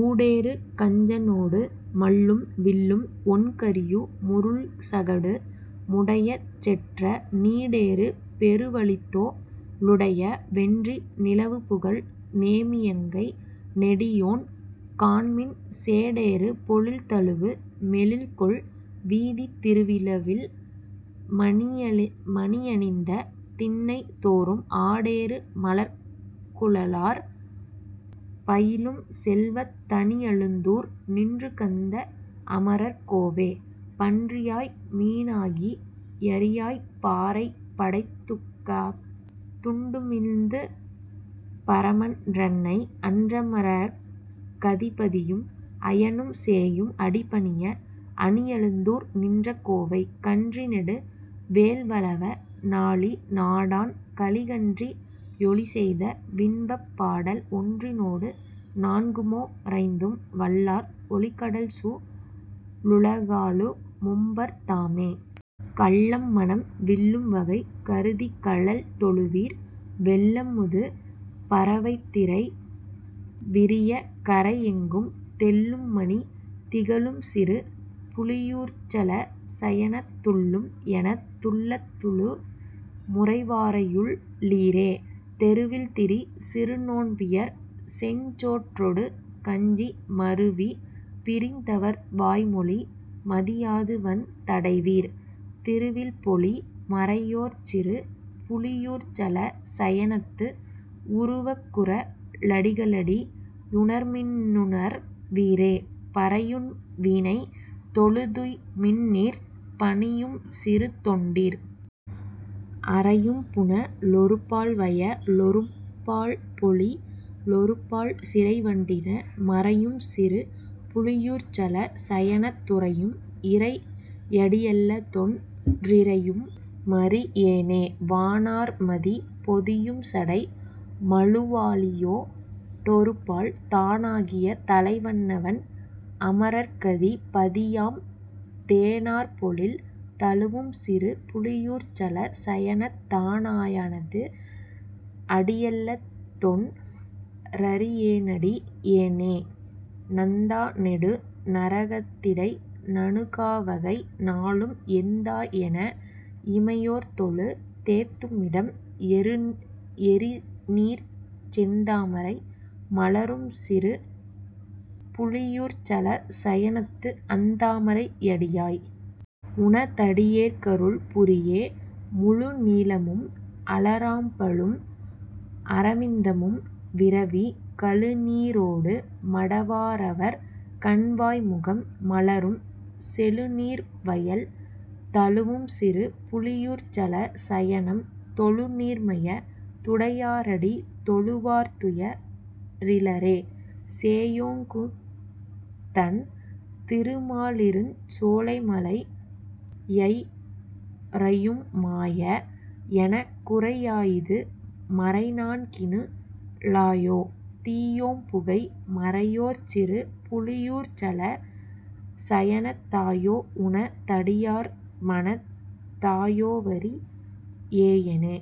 ஊடேறு கஞ்சனொடு மல்லும் வில்லும் ஒண்கரியு முருள்சகடு முடையச் செற்ற, நீடேறு பெருவலித்தோ ளுடைய வென்றி நிலவுபுகழ் நேமியங்கை நெடியோன் காண்மின், சேடேறு பொழில்தழுவு மெழில்கொள் வீதித் திருவிழவில் மணியணிந்த திண்ணை தோறும் ஆடேறு மலர்க்குழலார் பயிலும் செல்வத் தணியழுந்தூர் நின்றுகந்த அமரர் கோவே. பன்றியாய் மீனாகி யரியாய்ப் பாரைப் படைத்துக்காத் துண்டுமிழ்ந்த பரமன் றன்னை, அன்றமரர்க் கதிபதியும் அயனும் சேயும் அடிபணிய அணியழுந்தூர் நின்ற கோவை, கன்றிநெடு வேல்வலவ னாலி நாடன் கலிகன்றி யொலிசெய்த வின்பப் பாடல், ஒன்றினொடு நான்குமோ ரைந்தும் வல்லார் ஒலிகடல்சூ ழுலகாளு மும்பர் தாமே.. கள்ளம்மனம் விள்ளும்வகை கருதிக்கழல் தொழுவீர் வெள்ளம்முது பரவைத்திரை விரிய, கரை யெங்கும் தெள்ளும்மணி திகழும்சிறு புலியூர்ச்சல சயனத் துள்ளும், என துள்ளத்துளு முறைவாரையுள் ளீரே. தெருவில்திரி சிறுநோன்பியர் செஞ்சோற்றொடு கஞ்சி மருவி, பிரிந் தவர்வாய்மொழி மதியாதுவந் தடைவீர், திருவில்பொலி மறையோர்ச்சிறு புலியூர்ச்சல சயனத்து, உருவக்குற ளடிகள்டி யுணர்மின்னுணர் வீரே. பறையும்வினை தொழுதுய்மின்நீர் பணியும்சிறு தொண்டீர். அறையும்புன லொருபால்வய லொருபால்பொழி லொருபால் சிறைவண்டின மறையும்சிறு புலியூர்ச்சல சயனத் துறையும், இறை யடியல்லதொன் றிறையும்மறி யேனே. வானார்மதி பொதியும்சடை மழுவாளியொ டொருபால், தானாகிய தலைவன்னவன் அமரர்க்கதி பதியாம் தேனார்பொழில் தழுவும்சிறு புலியூர்ச்சல சயனத் தானாயனது, அடியல்லதொன் றறியேனடி யேனே. நந்தாநெடு நரகத்திடை நணுகாவகை, நாளும் எந்தாயென இமையோர்தொழு தேத்தும்மிடம், எறிநீர்ச் செந்தாமரை மலரும்சிறு புலியூர்ச்சல சயனத்து அந்தாமரை யடியாய். உன தடியேற்கருள் புரியே. முழுநீலமும் அலராம்பலும் அரவிந்தமும் விரவி, கழுநீரொடு மடவாரவர் கண்வாய்முகம் மலரும், செழுநீர்வயல் தழுவும்சிறு புலியூர்ச்சல சயனம், தொழுநீர்மைய துடையாரடி தொழுவார்துய ரிலரே. சேயோங்குதண் திருமாலிருஞ் சோலைமலை யை றயும் மாயா, எனக் குரையாயிது மறைநான்கினு ளாயோ, தீயோம்புகை மறையோர்ச்சிறு புலியூர்ச்சல சயனத் தாயோ, உன தடியார்மனத் தாயோவறி யேனே.